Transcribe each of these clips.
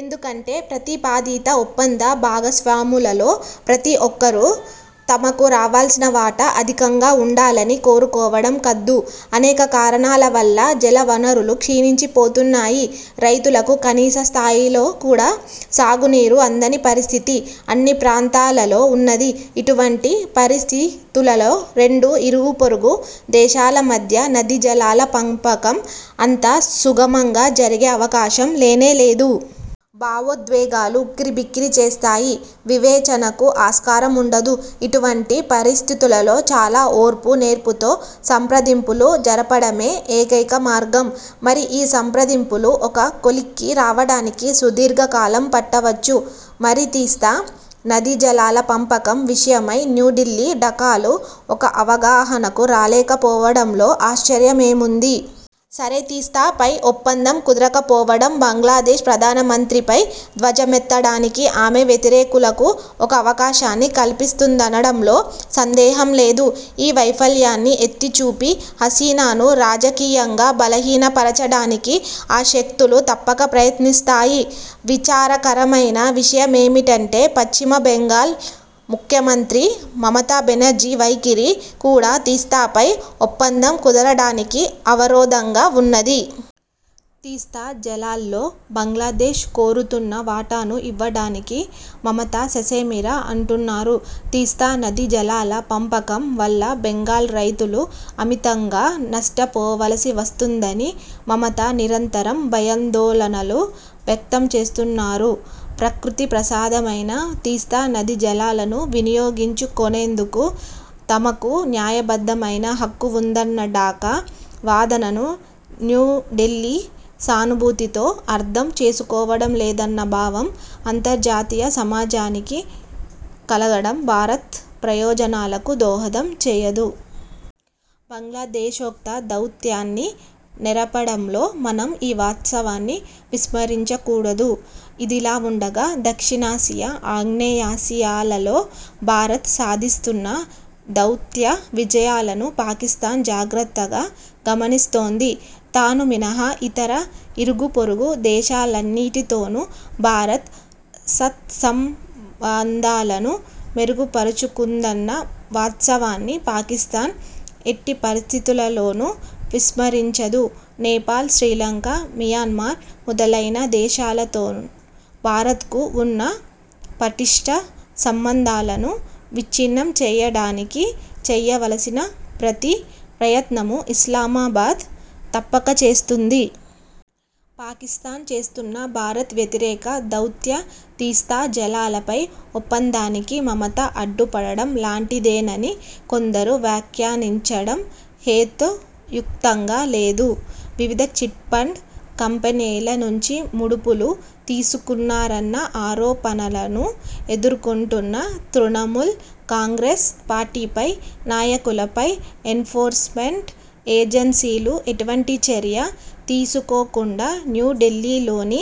ఎందుకంటే ప్రతిపాదిత ఒప్పంద భాగస్వాములలో ప్రతి ఒక్కరూ తమకు రావాల్సిన వాటా అధికంగా ఉండాలని కోరుకోవడం కద్దు. అనేక కారణాల వల్ల జలవనరులు క్షీణించిపోతున్నాయి. రైతులకు కనీసస్థాయిలో కూడా సాగునీరు అందని పరిస్థితి అన్నిప్రాంతాలలో ఉన్నది. ఇటువంటి పరిస్థితులలో రెండు ఇరుగుపొరుగు దేశాల మధ్య నదీజలాల పంపకం అంత సుగమంగా జరిగే అవకాశం లేనే లేదు. భావోద్వేగాలు ఉక్కిరిబిక్కిరి చేస్తాయి. వివేచనకు ఆస్కారముండదు. ఇటువంటి పరిస్థితులలో చాలా ఓర్పు, నేర్పుతో సంప్రదింపులు జరపడమే ఏకైక మార్గం. మరి ఈ సంప్రదింపులు ఒక కొలిక్కి రావడానికి సుదీర్ఘ కాలం పట్టవచ్చు. మరి తీస్తా నదీజలాల పంపకం విషయమై న్యూఢిల్లీ – ఢకాలు ఒక అవగాహనకు రాలేకపోవడంలో ఆశ్చర్యమేముంది? సరే, తీస్తాపై ఒప్పందం కుదరకపోవడం బంగ్లాదేశ్ ప్రధానమంత్రిపై ధ్వజమెత్తడానికి ఆమె వ్యతిరేకులకు ఒక అవకాశాన్ని కల్పిస్తుందనడంలో సందేహం లేదు. ఈ వైఫల్యాన్ని ఎత్తిచూపి హసీనాను రాజకీయంగా బలహీనపరచడానికి ఆ శక్తులు తప్పక ప్రయత్నిస్తాయి. విచారకరమైన విషయమేమిటంటే పశ్చిమ బెంగాల్ ముఖ్యమంత్రి మమతా బెనర్జీ వైకిరి కూడా తీస్తాపై ఒప్పందం కుదరడానికి అవరోధంగా వున్నది. తీస్తా జలాల్లో బంగ్లాదేశ్ కోరుతున్న వాటాను ఇవ్వడానికి మమత ససేమిరా అంటున్నారు. తీస్తా నదీ జలాల పంపకం వల్ల బెంగాల్ రైతులు అమితంగా నష్టపోవలసివస్తుందని మమత నిరంతరం భయందోళనలు వ్యక్తంచేస్తున్నారు. ప్రకృతి ప్రసాదమైన తీస్తా నదిజలాలను వినియోగించుకొనేందుకు తమకూ న్యాయబద్ధమైన హక్కువుందన్న ఢాకా వాదనను న్యూఢిల్లీ సానుభూతితో అర్థం చేసుకోవడం లేదన్న భావం అంతర్జాతీయ సమాజానికి కలగడం భారత్ ప్రయోజనాలకు దోహదం చేయదు. బంగ్లాదేశోక్త దౌత్యాన్ని నెరపడంలో మనం ఈ వాట్చవాన్ని విస్మరించకూడదు. ఇదిలావుండగా దక్షిణాసియా, ఆగ్నేయాసియాలలో భారత్ సాధిస్తున్న దౌత్య విజయాలను పాకిస్థాన్ జాగ్రత్తగా గమనిస్తోంది. తాను మినహా, ఇతర ఇరుగుపొరుగు దేశాలన్నిటితోను భారత్ సత్సంబంధాలను మెరుగుపరచుకుందన్న వాట్చవాన్ని పాకిస్థాన్ ఎట్టి పరిస్థితులలోను విస్మరించదు. నేపాల్, శ్రీలంక, మియన్మార్ మొదలైన దేశాలతో భారత్కు వున్న పటిష్ఠ సంబంధాలను విచ్ఛిన్నం చేయడానికి చేయవలసిన ప్రతి ప్రయత్నమూ ఇస్లామాబాద్ తప్పకచేస్తుంది. పాకిస్థాన్ చేస్తున్న భారత్ వ్యతిరేక దౌత్యం, తీస్తాజలాలపై ఒప్పందానికి మమత అడ్డుపడడం లాంటిదేనని కొందరు వ్యాఖ్యానించడం హేతుయుక్తంగా లేదు. వివిధ చిట్ఫండ్ కంపెనీల నుంచి ముడుపులు తీసుకున్నారన్న ఆరోపణలను ఎదుర్కొంటున్న తృణమూల్ కాంగ్రెస్ పార్టీపై, నాయకులపై ఎన్ఫోర్స్మెంట్ ఏజెన్సీలు ఎటువంటి చర్య తీసుకోకుండా న్యూఢిల్లీలోని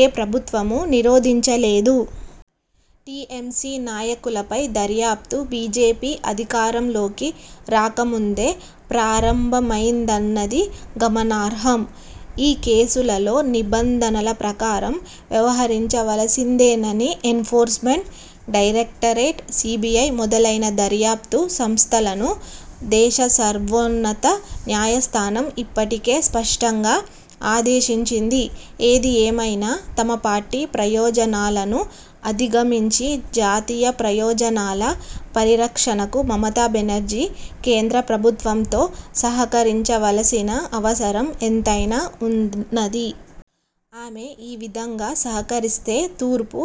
ఏ ప్రభుత్వమూ నిరోధించలేదు. టీఎంసీ నాయకులపై దర్యాప్తు బీజేపీ అధికారంలోకి రాకముందే ప్రారంభమయిందన్నది గమనార్హం. ఈ కేసులలో నిబంధనల ప్రకారం వ్యవహరించవలసిందేనని ఎన్ఫోర్స్మెంట్ డైరెక్టరేట్, సీబీఐ మొదలైన దర్యాప్తు సంస్థలను దేశసర్వోన్నత న్యాయస్థానం ఇప్పటికే స్పష్టంగా ఆదేశించింది. ఏదిఏమైనా తమ పార్టీ ప్రయోజనాలను అధిగమించి జాతీయ ప్రయోజనాల పరిరక్షణకు మమతాబెనర్జీ కేంద్ర ప్రభుత్వంతో సహకరించవలసిన అవసరం ఎంతైనా వున్నది. ఆమె ఈ విధంగా సహకరిస్తే తూర్పు,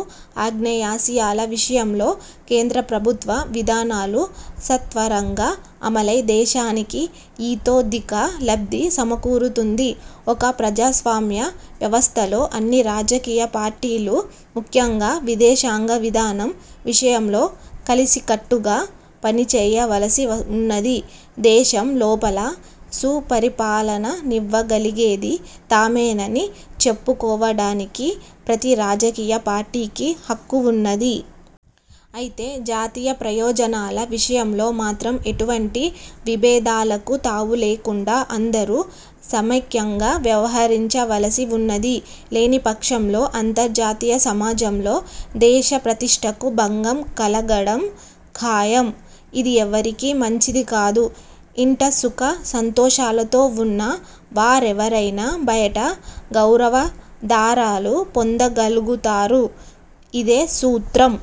ఆగ్నేయాసియాల విషయంలో కేంద్రప్రభుత్వ విధానాలు సత్వరంగా అమలై దేశానికి ఇతోధిక లబ్ధి సమకూరుతుంది. ఒక ప్రజాస్వామ్య వ్యవస్థలో అన్ని రాజకీయపార్టీలూ ముఖ్యంగా విదేశాంగ విధానం విషయంలో కలసికట్టుగా పనిచేయవలసి వున్నది. దేశం లోపల సుపరిపాలననివ్వగలిగేది తామేనని చెప్పుకోవడానికి ప్రతి రాజకీయ పార్టీకి హక్కు వున్నది. అయితే జాతీయ ప్రయోజనాల విషయంలో మాత్రం ఎటువంటి విభేదాలకు తావు లేకుండా అందరూ సమైక్యంగా వ్యవహరించవలసి వున్నది. లేనిపక్షంలో అంతర్జాతీయ సమాజంలో దేశ ప్రతిష్ఠకు భంగం కలగడం ఖాయం. ఇది ఎవ్వరికీ మంచిది కాదు. ఇంట సుఖ సంతోషాలతో వున్న వారెవరైనా బయట గౌరవదారాలు పొందగలుగుతారు. ఇదే సూత్రం